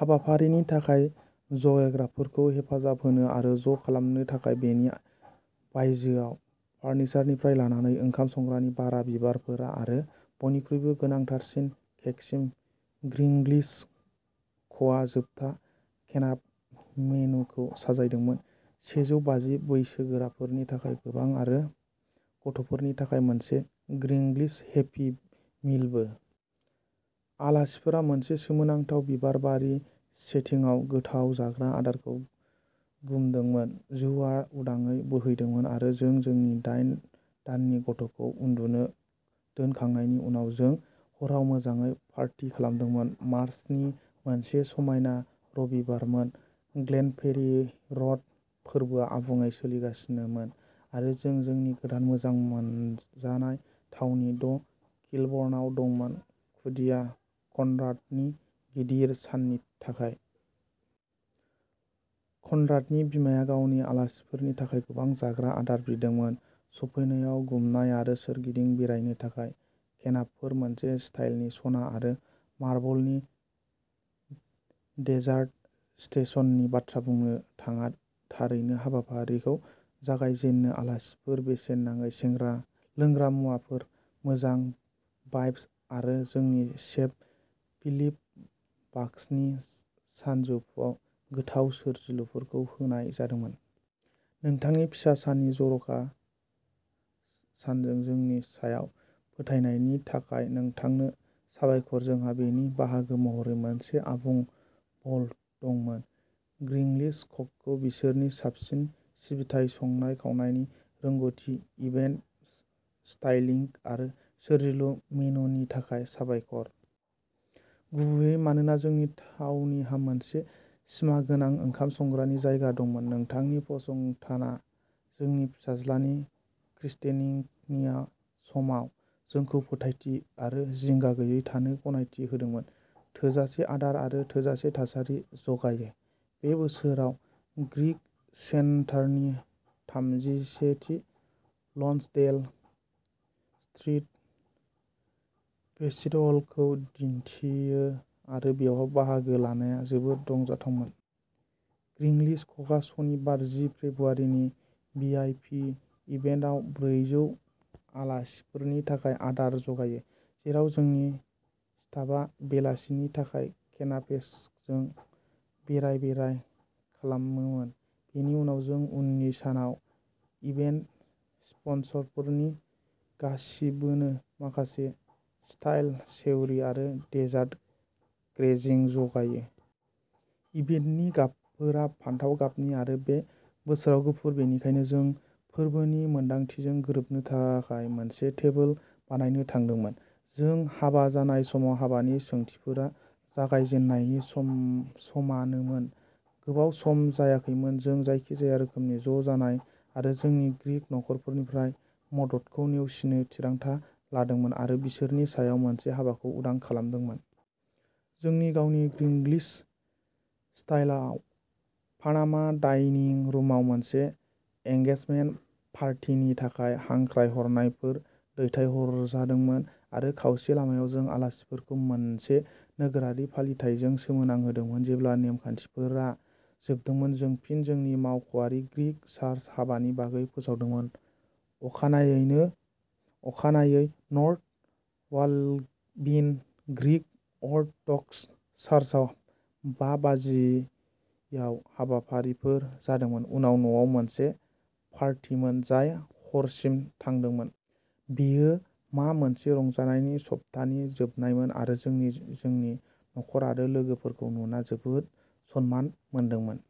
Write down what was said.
हाबाफारिनि थाखाय जगायग्राफोरखौ हेफाजाब होनो आरो ज' खालामनो थाखाय बेनि बायजोआव फार्निचारनिफ्राय लानानै ओंखाम संग्रानि भारा, बिबारफोर आरो बयनिख्रुइबो गोनांथारसिन केकसिम ग्रिंग्लिश क'आ जोबथा केनाप मेनुखौ साजायदोंमोन, सेजौ बाजि बैसोगोराफोरनि थाखाय गोबां आरो गथ'फोरनि थाखाय मोनसे ग्रिंग्लिश हेपि मिलबो। आलासिफोरा मोनसे सोमोनांथाव बिबारबारि सेटिंआव गोथाव जाग्रा आदारखौ गुमदोंमोन, जौआ उदाङै बोहैदोंमोन आरो जों जोंनि दाइन दाननि गथ'खौ उन्दुनो दोनखांनायनि उनाव जों हराव मोजाङै पार्टी खालामदोंमोन। मार्चनि मोनसे समायना रबिबारमोन, ग्लेनफेरि र'ड फोरबोआ आबुङै सोलिगासिनोमोन आरो जों जोंनि गोदान मोजां मोनजानाय थावनि द' किलबर्न'आव दंमोन खुदिया कनराडनि गिदिर साननि थाखाय। कनराडनि बिमाया गावनि आलासिफोरनि थाखाय गोबां जाग्रा आदार बिदोंमोन, सफैनायाव गुमनाय आरो सोरगिदिं बेरायनो थाखाय केनापफोर मोनसे स्टाइलनि सना आरो मार्बलनि डेजार्ट स्टेशननि बाथ्रा बुंनो नाङा, थारैनो हाबाफारिखौ जागाय जेननो आलासिफोर बेसेन नाङै सेंग्रा लोंग्रा मुवाफोर, मोजां भाइबस आरो जोंनि सेफ फिलिप भाकसनि सानजौफुआव गोथाव सोरजिलुफोरखौ होनाय जादोंमोन। नोंथांनि फिसा साननि जर'खा सानजों जोंनि सायाव फोथायनायनि थाखाय नोंथांनो साबायखर, जोंहा बेनि बाहागो महरै मोनसे आबुं बल दंमोन। 'ग्रिंलिश क'खौ बिसोरनि साबसिन सिबिथाइ, संनाय-खावनायनि रोंग'थि, इभेन्ट स्टाइलिंग आरो सोरजिलु मेनुनि थाखाय साबायखर। गुबैयै मानोना जोंनि थावनिहा मोनसे सिमागोनां ओंखाम संग्रानि जायगा दंमोन। नोंथांनि फसंथाना जोंनि फिसाज्लानि क्रिस्टेनिंनि समाव जोंखौ फोथायथि आरो जिंगा गैयै थानो गनायथि होदोंमोन थोजासे आदार आरो थोजासे थासारि जगायो। बे बोसोराव ग्रीक सेन्टारनि थामजिसेथि लन्सडेल स्ट्रीट फेस्टिवलखौ दिन्थियो आरो बेयाव बाहागो लानाया जोबोद रंजाथावमोन। ग्रिंलिश क'आ सनिबार जि फेब्रुआरिनि 'वीआईपी इभेन्ट'आव ब्रैजौ आलासिफोरनि थाखाय आदार जगायो, जेराव जोंनि स्टाफआ बेलासेनि थाखाय केनापेसजों बेराय-बेराय खालामोमोन। बेनि उनाव जों उननि सानाव इभेन्ट स्पन्सरफोरनि गासिबोनो माखासे स्टाइल सेवरी आरो डेजार्ट ग्रेजिं जगायो। इभेन्टनि गाबफोरा फान्थाव गाबनि आरो बे बोसोराव गुफुर, बेनिखायनो जों फोरबोनि मोनदांथिजों गोरोबनो थाखाय मोनसे टेबोल बानायनो थांदोंमोन। जों हाबा जानाय समाव, हाबानि सोंथिफोरा जागाय जेननायनि समानोमोन। गोबाव सम जायाखैमोन, जों जायखिजाया रोखोमनि ज' जानाय आरो जोंनि ग्रीक नखरफोरनिफ्राय 'मदद'खौ नेवसिनो थिरांथा लादोंमोन आरो बिसोरनि सायाव मोनसे हाबाखौ उदां खालामदोंमोन। जोंनि गावनि 'ग्रिंग्लिश'स्टाइलआव पानामा डाइनिं रुमआव मोनसे एंगेजमेन्ट पार्टिनि थाखाय हांख्रायहरनायफोर दैथायहरजादोंमोन आरो खावसे लामायाव जों आलासिफोरखौ मोनसे नोगोरारि फालिथायजों सोमोनांहोदोंमोन। जेब्ला नेमखान्थिफोरा जोबदोंमोन, जों फिन जोंनि मावख'आरि ग्रीक चार्च हाबानि बागै फोसावदोंमोन, अखानायैनो, अखानायै नर्थ बालविन ग्रीक अर्थ'डक्स चार्चआव बा बाजियाव हाबाफारिफोर जादोंमोन, उनाव न'आव मोनसे पार्टीमोन जाय हरसिम थांदोंमोन। बेयो मा मोनसे रंजानायनि सप्तानि जोबनायमोन आरो जों जोंनि नखर आरो लोगोफोरखौ नुना जोबोद सनमान मोनदोंमोन।